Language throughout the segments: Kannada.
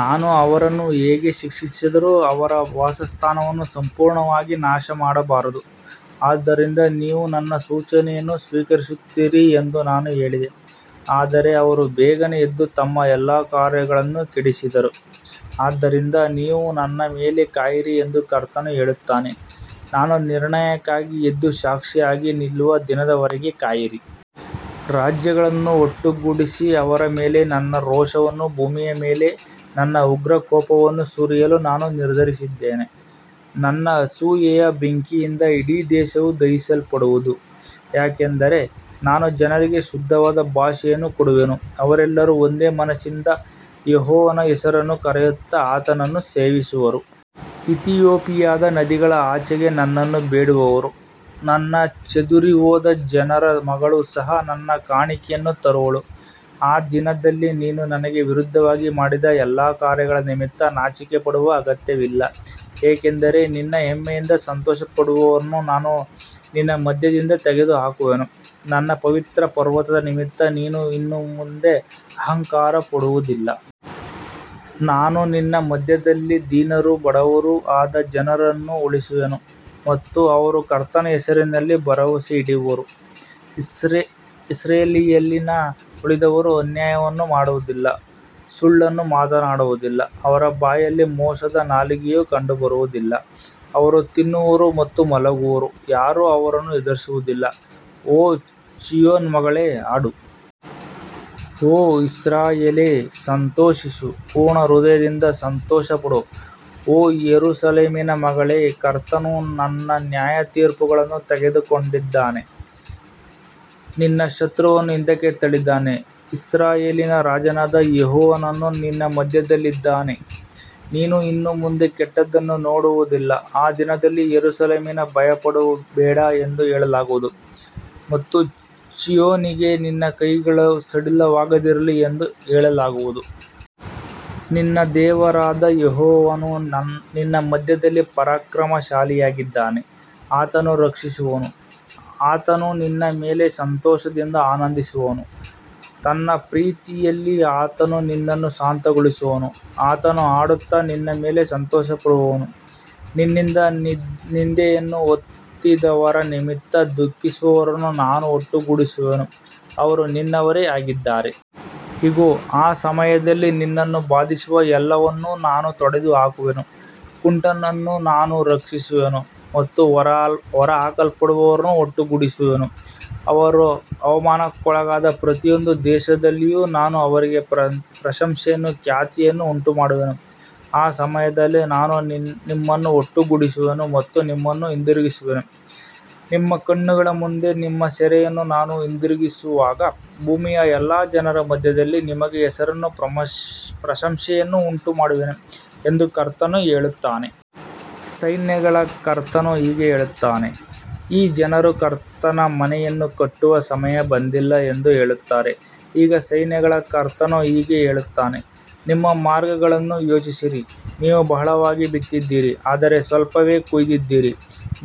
ನಾನು ಅವರನ್ನು ಹೇಗೆ ಶಿಕ್ಷಿಸಿದರೂ ಅವರ ವಾಸಸ್ಥಾನವನ್ನು ಸಂಪೂರ್ಣವಾಗಿ ನಾಶಮಾಡಬಾರದು. ಆದ್ದರಿಂದ ನೀವು ನನ್ನ ಸೂಚನೆಯನ್ನು ಸ್ವೀಕರಿಸುತ್ತೀರಿ ಎಂದು ನಾನು ಹೇಳಿದೆ. ಆದರೆ ಅವರು ಬೇಗನೆ ಎದ್ದು ತಮ್ಮ ಎಲ್ಲಾ ಕಾರ್ಯಗಳನ್ನು ಕೆಡಿಸಿದರು. ಆದ್ದರಿಂದ ನೀವು ನನ್ನ ಮೇಲೆ ಕಾಯಿರಿ ಎಂದು ಕರ್ತನು ಹೇಳುತ್ತಾನೆ. ನಾನು ನಿರ್ಣಯಕ್ಕಾಗಿ ಎದ್ದು ಸಾಕ್ಷಿಯಾಗಿ ನಿಲ್ಲುವ ದಿನದವರೆಗೆ ಕಾಯಿರಿ. ರಾಜ್ಯಗಳನ್ನು ಒಟ್ಟುಗೂಡಿಸಿ, ಅವರ ಮೇಲೆ ನನ್ನ ರೋಷವನ್ನೂ ಭೂಮಿಯ ಮೇಲಿನ ನನ್ನ ಉಗ್ರ ಕೋಪವನ್ನೂ ಸುರಿಯಲು ನಾನು ನಿರ್ಧರಿಸಿದ್ದೇನೆ. ನನ್ನ ಅಸೂಯೆಯ ಬೆಂಕಿಯಿಂದ ಇಡೀ ದೇಶವು ದಹಿಸಲ್ಪಡುವುದು. ಯಾಕಂದರೆ ನಾನು ಜನರಿಗೆ ಶುದ್ಧವಾದ ಭಾಷೆಯನ್ನು ಕೊಡುವೆನು, ಅವರೆಲ್ಲರೂ ಒಂದೇ ಮನಸ್ಸಿನಿಂದ ಯೆಹೋವನ ಹೆಸರನ್ನು ಕರೆಯುತ್ತಾ ಆತನನ್ನು ಸೇವಿಸುವರು. ಇಥಿಯೋಪಿಯಾದ ನದಿಗಳ ಆಚೆಯಿಂದ ನನ್ನನ್ನು ಬೇಡುವವರು, ನನ್ನ ಚದುರಿಹೋದ ಜನರ ಮಗಳು ಸಹ, ನನ್ನ ಕಾಣಿಕೆಯನ್ನು ತರುವಳು. ಆ ದಿನದಲ್ಲಿ ನೀನು ನನಗೆ ವಿರುದ್ಧವಾಗಿ ಮಾಡಿದ ಎಲ್ಲಾ ಕಾರ್ಯಗಳ ನಿಮಿತ್ತ ನಾಚಿಕೆಪಡುವ ಅಗತ್ಯವಿಲ್ಲ, ಏಕೆಂದರೆ ನಿನ್ನ ಹೆಮ್ಮೆಯಿಂದ ಸಂತೋಷಪಡುವವರನ್ನು ನಾನು ನಿನ್ನ ಮಧ್ಯದಿಂದ ತೆಗೆದುಹಾಕುವೆನು. ನನ್ನ ಪವಿತ್ರ ಪರ್ವತದ ನಿಮಿತ್ತ ನೀನು ಇನ್ನು ಮುಂದೆ ಅಹಂಕಾರಪಡುವುದಿಲ್ಲ. ನಾನು ನಿನ್ನ ಮಧ್ಯದಲ್ಲಿ ದೀನರೂ ಬಡವರೂ ಆದ ಜನರನ್ನು ಉಳಿಸುವೆನು ಮತ್ತು ಅವರು ಕರ್ತನ ಹೆಸರಿನಲ್ಲಿ ಭರವಸೆಯಿಡುವರು. ಇಸ್ರಾಯೇಲಿನಲ್ಲಿ ಉಳಿದವರು ಅನ್ಯಾಯವನ್ನು ಮಾಡುವುದಿಲ್ಲ, ಸುಳ್ಳನ್ನು ಮಾತನಾಡುವುದಿಲ್ಲ, ಅವರ ಬಾಯಿಯಲ್ಲಿ ಮೋಸದ ನಾಲಿಗೆಯು ಕಂಡುಬರುವುದಿಲ್ಲ. ಅವರು ತಿನ್ನುವರು ಮತ್ತು ಮಲಗುವರು, ಯಾರೂ ಅವರನ್ನು ಹೆದರಿಸುವುದಿಲ್ಲ. ಓ ಚೀಯೋನ್ ಮಗಳೇ, ಹಾಡು. ಓ ಇಸ್ರಾಯೇಲೇ, ಸಂತೋಷಿಸು. ಪೂರ್ಣ ಹೃದಯದಿಂದ ಸಂತೋಷಪಡು, ಓ ಯೆರೂಸಲೇಮಿನ ಮಗಳೇ. ಕರ್ತನು ನಿನ್ನ ನ್ಯಾಯತೀರ್ಪುಗಳನ್ನು ತೆಗೆದುಹಾಕಿದ್ದಾನೆ, ನಿನ್ನ ಶತ್ರುವನ್ನು ಹಿಂದಕ್ಕೆ ತಳ್ಳಿದ್ದಾನೆ. ಇಸ್ರಾಯೇಲಿನ ರಾಜನಾದ ಯೆಹೋವನು ನಿನ್ನ ಮಧ್ಯದಲ್ಲಿದ್ದಾನೆ, ನೀನು ಇನ್ನು ಮುಂದೆ ಕೆಟ್ಟದ್ದನ್ನು ನೋಡುವುದಿಲ್ಲ. ಆ ದಿನದಲ್ಲಿ ಯೆರೂಸಲೇಮಿಗೆ, ಭಯಪಡಬೇಡ ಎಂದು ಹೇಳಲಾಗುವುದು ಮತ್ತು ಚೀಯೋನಿಗೆ, ನಿನ್ನ ಕೈಗಳು ಸಡಿಲವಾಗದಿರಲಿ ಎಂದು ಹೇಳಲಾಗುವುದು. ನಿನ್ನ ದೇವರಾದ ಯೆಹೋವನು ನಿನ್ನ ಮಧ್ಯದಲ್ಲಿ ಪರಾಕ್ರಮಶಾಲಿಯಾಗಿದ್ದಾನೆ. ಆತನು ರಕ್ಷಿಸುವನು. ಆತನು ನಿನ್ನ ಮೇಲೆ ಸಂತೋಷದಿಂದ ಆನಂದಿಸುವನು. ತನ್ನ ಪ್ರೀತಿಯಲ್ಲಿ ಆತನು ನಿನ್ನನ್ನು ಶಾಂತಿಗೊಳಿಸುವನು. ಆತನು ಹಾಡುತ್ತಾ ನಿನ್ನ ಮೇಲೆ ಸಂತೋಷಪಡುವನು. ನಿನ್ನಿಂದ ನಿಂದೆಯನ್ನು ಹೊತ್ತಿದ್ದವರ ನಿಮಿತ್ತ ದುಃಖಿಸುತ್ತಿದ್ದವರನ್ನು ನಾನು ಒಟ್ಟುಗೂಡಿಸುವೆನು, ಅವರು ನಿನ್ನವರೇ ಆಗಿದ್ದರು. ಇಗೋ, ಆ ಸಮಯದಲ್ಲಿ ನಿನ್ನನ್ನು ಬಾಧಿಸುವ ಎಲ್ಲವನ್ನೂ ನಾನು ತೊಡೆದುಹಾಕುವೆನು. ಕುಂಟನನ್ನು ನಾನು ರಕ್ಷಿಸುವೆನು ಮತ್ತು ಹೊರಹಾಕಲ್ಪಟ್ಟವರನ್ನು ಒಟ್ಟುಗೂಡಿಸುವೆನು. ಅವರು ಅವಮಾನಕ್ಕೊಳಗಾದ ಪ್ರತಿಯೊಂದು ದೇಶದಲ್ಲಿಯೂ ನಾನು ಅವರಿಗೆ ಪ್ರಶಂಸೆಯನ್ನೂ ಖ್ಯಾತಿಯನ್ನೂ ಉಂಟುಮಾಡುವೆನು. ಆ ಸಮಯದಲ್ಲಿ ನಾನು ನಿಮ್ಮನ್ನು ಒಟ್ಟುಗೂಡಿಸುವೆನು ಮತ್ತು ನಿಮ್ಮನ್ನು ಹಿಂದಿರುಗಿಸುವೆನು. ನಿಮ್ಮ ಕಣ್ಣುಗಳ ಮುಂದೆ ನಿಮ್ಮ ಸೆರೆಯನ್ನು ನಾನು ಹಿಂದಿರುಗಿಸುವಾಗ, ಭೂಮಿಯ ಎಲ್ಲಾ ಜನರ ಮಧ್ಯದಲ್ಲಿ ನಿಮಗೆ ಹೆಸರನ್ನೂ ಪ್ರಶಂಸೆಯನ್ನೂ ಉಂಟುಮಾಡುವೆನು ಎಂದು ಕರ್ತನು ಹೇಳುತ್ತಾನೆ. ಸೈನ್ಯಗಳ ಕರ್ತನು ಹೀಗೆ ಹೇಳುತ್ತಾನೆ, ಈ ಜನರು ಕರ್ತನ ಮನೆಯನ್ನು ಕಟ್ಟುವ ಸಮಯ ಬಂದಿಲ್ಲ ಎಂದು ಹೇಳುತ್ತಾರೆ. ಈಗ ಸೈನ್ಯಗಳ ಕರ್ತನು ಹೀಗೆ ಹೇಳುತ್ತಾನೆ, ನಿಮ್ಮ ಮಾರ್ಗಗಳನ್ನು ಯೋಚಿಸಿರಿ. ನೀವು ಬಹಳವಾಗಿ ಬಿತ್ತಿದ್ದೀರಿ, ಆದರೆ ಸ್ವಲ್ಪವೇ ಕೊಯ್ದಿದ್ದೀರಿ.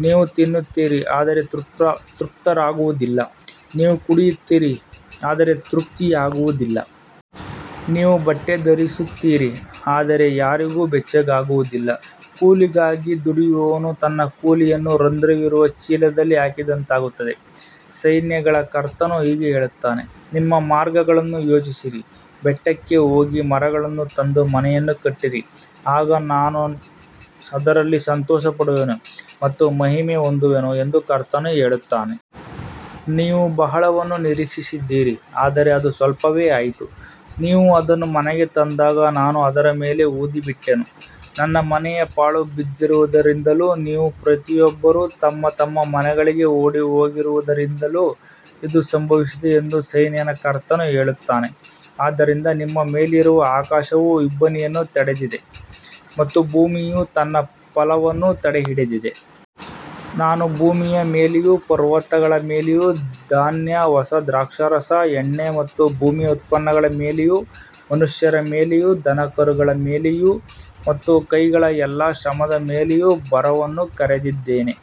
ನೀವು ತಿನ್ನುತ್ತೀರಿ, ಆದರೆ ತೃಪ್ತರಾಗುವುದಿಲ್ಲ. ನೀವು ಕುಡಿಯುತ್ತೀರಿ, ಆದರೆ ತೃಪ್ತಿಯಾಗುವುದಿಲ್ಲ. ನೀವು ಬಟ್ಟೆ ಧರಿಸುತ್ತೀರಿ, ಆದರೆ ಯಾರಿಗೂ ಬೆಚ್ಚಗಾಗುವುದಿಲ್ಲ. ಕೂಲಿಗಾಗಿ ದುಡಿಯುವವನು ತನ್ನ ಕೂಲಿಯನ್ನು ರಂಧ್ರವಿರುವ ಚೀಲದಲ್ಲಿ ಹಾಕಿದಂತಾಗುತ್ತದೆ. ಸೈನ್ಯಗಳ ಕರ್ತನು ಹೀಗೆ ಹೇಳುತ್ತಾನೆ, ನಿಮ್ಮ ಮಾರ್ಗಗಳನ್ನು ಯೋಚಿಸಿರಿ. ಬೆಟ್ಟಕ್ಕೆ ಹೋಗಿ ಮರವನ್ನು ತಂದು ಮನೆಯನ್ನು ಕಟ್ಟಿರಿ. ಆಗ ನಾನು ಅದರಲ್ಲಿ ಸಂತೋಷಪಡುವೆನು ಮತ್ತು ಮಹಿಮೆ ಹೊಂದುವೆನು ಎಂದು ಕರ್ತನು ಹೇಳುತ್ತಾನೆ. ನೀವು ಬಹಳವನ್ನು ನಿರೀಕ್ಷಿಸಿದ್ದೀರಿ, ಆದರೆ ಅದು ಸ್ವಲ್ಪವೇ ಆಯಿತು. ನೀವು ಅದನ್ನು ಮನೆಗೆ ತಂದಾಗ ನಾನು ಅದರ ಮೇಲೆ ಊದಿಬಿಟ್ಟೆನು. ನನ್ನ ಮನೆ ಪಾಳುಬಿದ್ದಿರುವುದರಿಂದಲೂ ನೀವು ಪ್ರತಿಯೊಬ್ಬರೂ ತಮ್ಮ ತಮ್ಮ ಮನೆಗಳಿಗೆ ಓಡಿಹೋಗಿರುವುದರಿಂದಲೂ ಇದು ಸಂಭವಿಸಿದೆ ಎಂದು ಸೈನ್ಯಗಳ ಕರ್ತನು ಹೇಳುತ್ತಾನೆ. ಆದ್ದರಿಂದ ನಿಮ್ಮ ಮೇಲಿರುವ ಆಕಾಶವು ಇಬ್ಬನಿಯನ್ನು ತಡೆಹಿಡಿದಿದೆ ಮತ್ತು ಭೂಮಿಯು ತನ್ನ ಫಲವನ್ನು ತಡೆಹಿಡಿದಿದೆ. ನಾನು ಭೂಮಿಯ ಮೇಲೆಯೂ ಪರ್ವತಗಳ ಮೇಲೆಯೂ ಧಾನ್ಯ, ಹೊಸ ದ್ರಾಕ್ಷಾರಸ, ಎಣ್ಣೆ ಮತ್ತು ಭೂಮಿಯ ಉತ್ಪನ್ನಗಳ ಮೇಲೆಯೂ, ಮನುಷ್ಯರ ಮೇಲೆಯೂ ದನಕರುಗಳ ಮೇಲೆಯೂ ಮತ್ತು ಕೈಗಳ ಎಲ್ಲಾ ಶ್ರಮದ ಮೇಲೆಯೂ ಬರವನ್ನು ಕರೆದಿದ್ದೇನೆ.